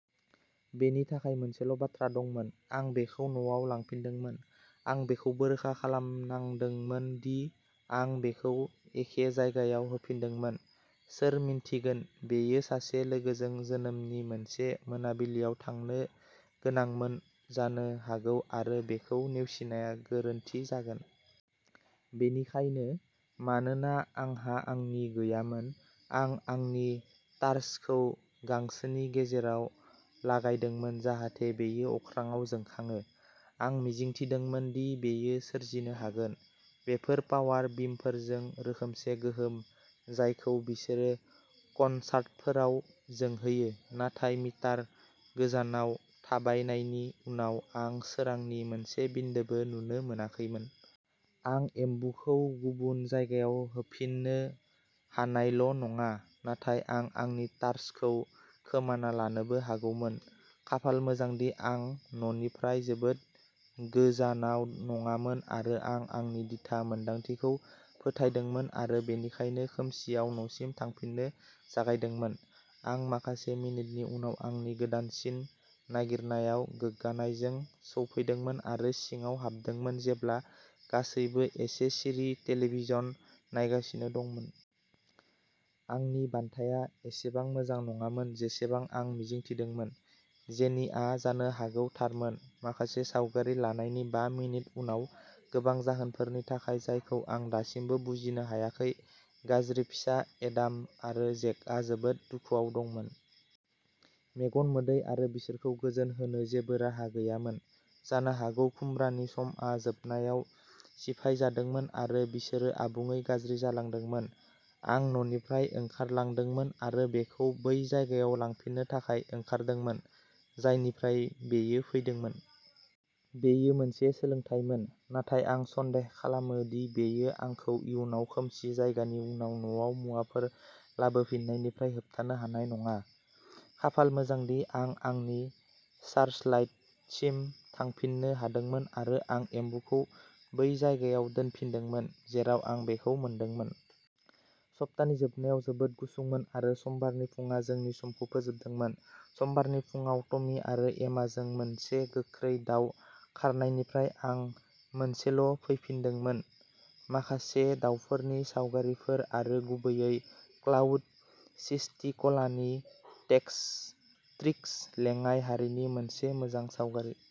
बेनि थाखाय मोनसेल'बाथ्रा दंमोन। आं बेखौ न'आव लांफिनदोंमोन। आं बेखौबो रोखा खालामनांदोंमोन दि आं बेखौ एखे जायगायाव होफिनदोंमोन। सोर मिन्थिगोन-बेयो सासे लोगोजों जोनोमनि मोनसे मोनाबिलियाव थांनो गोनांमोन जानो हागौ आरो बेखौ नेवसिनाया गोरोन्थि जागोन। बेनिखायनो, मानोना आंहा आंनि गैयामोन, आं आंनि टार्चखौ गांसोनि गेजेराव लागायदोंमोन जाहाथे बेयो अख्राङाव जोंखाङो। आं मिजिंथिदोंमोन दि बेयो सोरजिनो हागोन। बेफोर पावार बिमफोरजों रोखोमसे गोहोम, जायखौ बिसोरो कनसार्टफोराव जोंहोयो, नाथाय मिटार गोजानाव थाबायनायनि उनाव आं सोरांनि मोनसे बिन्दोबो नुनो मोनाखैमोन। आं एम्बुखौ गुबुन जायगायाव होफिन्नो हानायल'नङा, नाथाय आं आंनि टार्चखौ खोमाना लानोबो हागौमोन। खाफाल मोजांदि आं न'निफ्राय जोबोद गोजानाव नङामोन आरो आं आंनि दिथा मोनदांथिखौ फोथायदोंमोन आरो बेनिखायनो खोमसिआव न'सिम थांफिननो जागायदोंमोन। आं माखासे मिनिटनि उनाव आंनि गोदानसिन नागिरनायाव गोग्गानायजों सौफैदोंमोन आरो सिङाव हाबदोंमोन जेब्ला गासैबो एसे सिरि टेलिभिजन नायगासिनो दंमोन। आंनि बान्थाया एसेबां मोजां नङामोन जेसेबां आं मिजिंथिदोंमोन। जेनिआ जानो हागौ थारमोन। माखासे सावगारि लानायनि बा मिनिट उनाव, गोबां जाहोनफोरनि थाखाय जायखौ आं दासिमबो बुजिनो हायाखै, गाज्रि फिसा एडाम आरो जेकआ जोबोद दुखुआव दंमोन। मेगन मोदै आरो बिसोरखौ गोजोन होनो जेबो राहा गैयामोन। जानो हागौ खुमब्रानि समआ जोबनायाव सिफायजादोंमोन आरो बिसोरो आबुङै गाज्रि जालांदोंमोन। आं न'निफ्राय ओंखारलांदोंमोन आरो बेखौ बै जायगायाव लांफिननो थाखाय ओंखारदोंमोन, जायनिफ्राय बेयो फैदोंमोन। बेयो मोनसे सोलोंथायमोन, नाथाय आं सन्देह खालामो दि बेयो आंखौ इयुनाव खोमसि जानायनि उनाव न'आव मुवाफोर लाबोफिन्नायनिफ्राय होबथानो हानाय नङा। खाफाल मोजांदि आं आंनि सार्चलाइटसिम थांफिननो हादोंमोन आरो आं एम्बुखौ बै जायगायाव दोनफिनदोंमोन, जेराव आं बेखौ मोनदोंमोन। सप्तानि जोबनायाव जोबोद गुसुंमोन आरो समबारनि फुंआ जोंनि समखौ फोजोबदोंमोन। समबारनि फुंआव टमी आरो एमाजों मोनसे गोख्रै दाव खारनायनिफ्राय आं मोनसेल'फैफिन्दोंमोन, माखासे दावफोरनि सावगारिफोर आरो गुबैयै क्लाउड सिस्टिक'लानि टेक्सट्रिक्स लेङाइ हारिनि मोनसे मोजां सावगारि।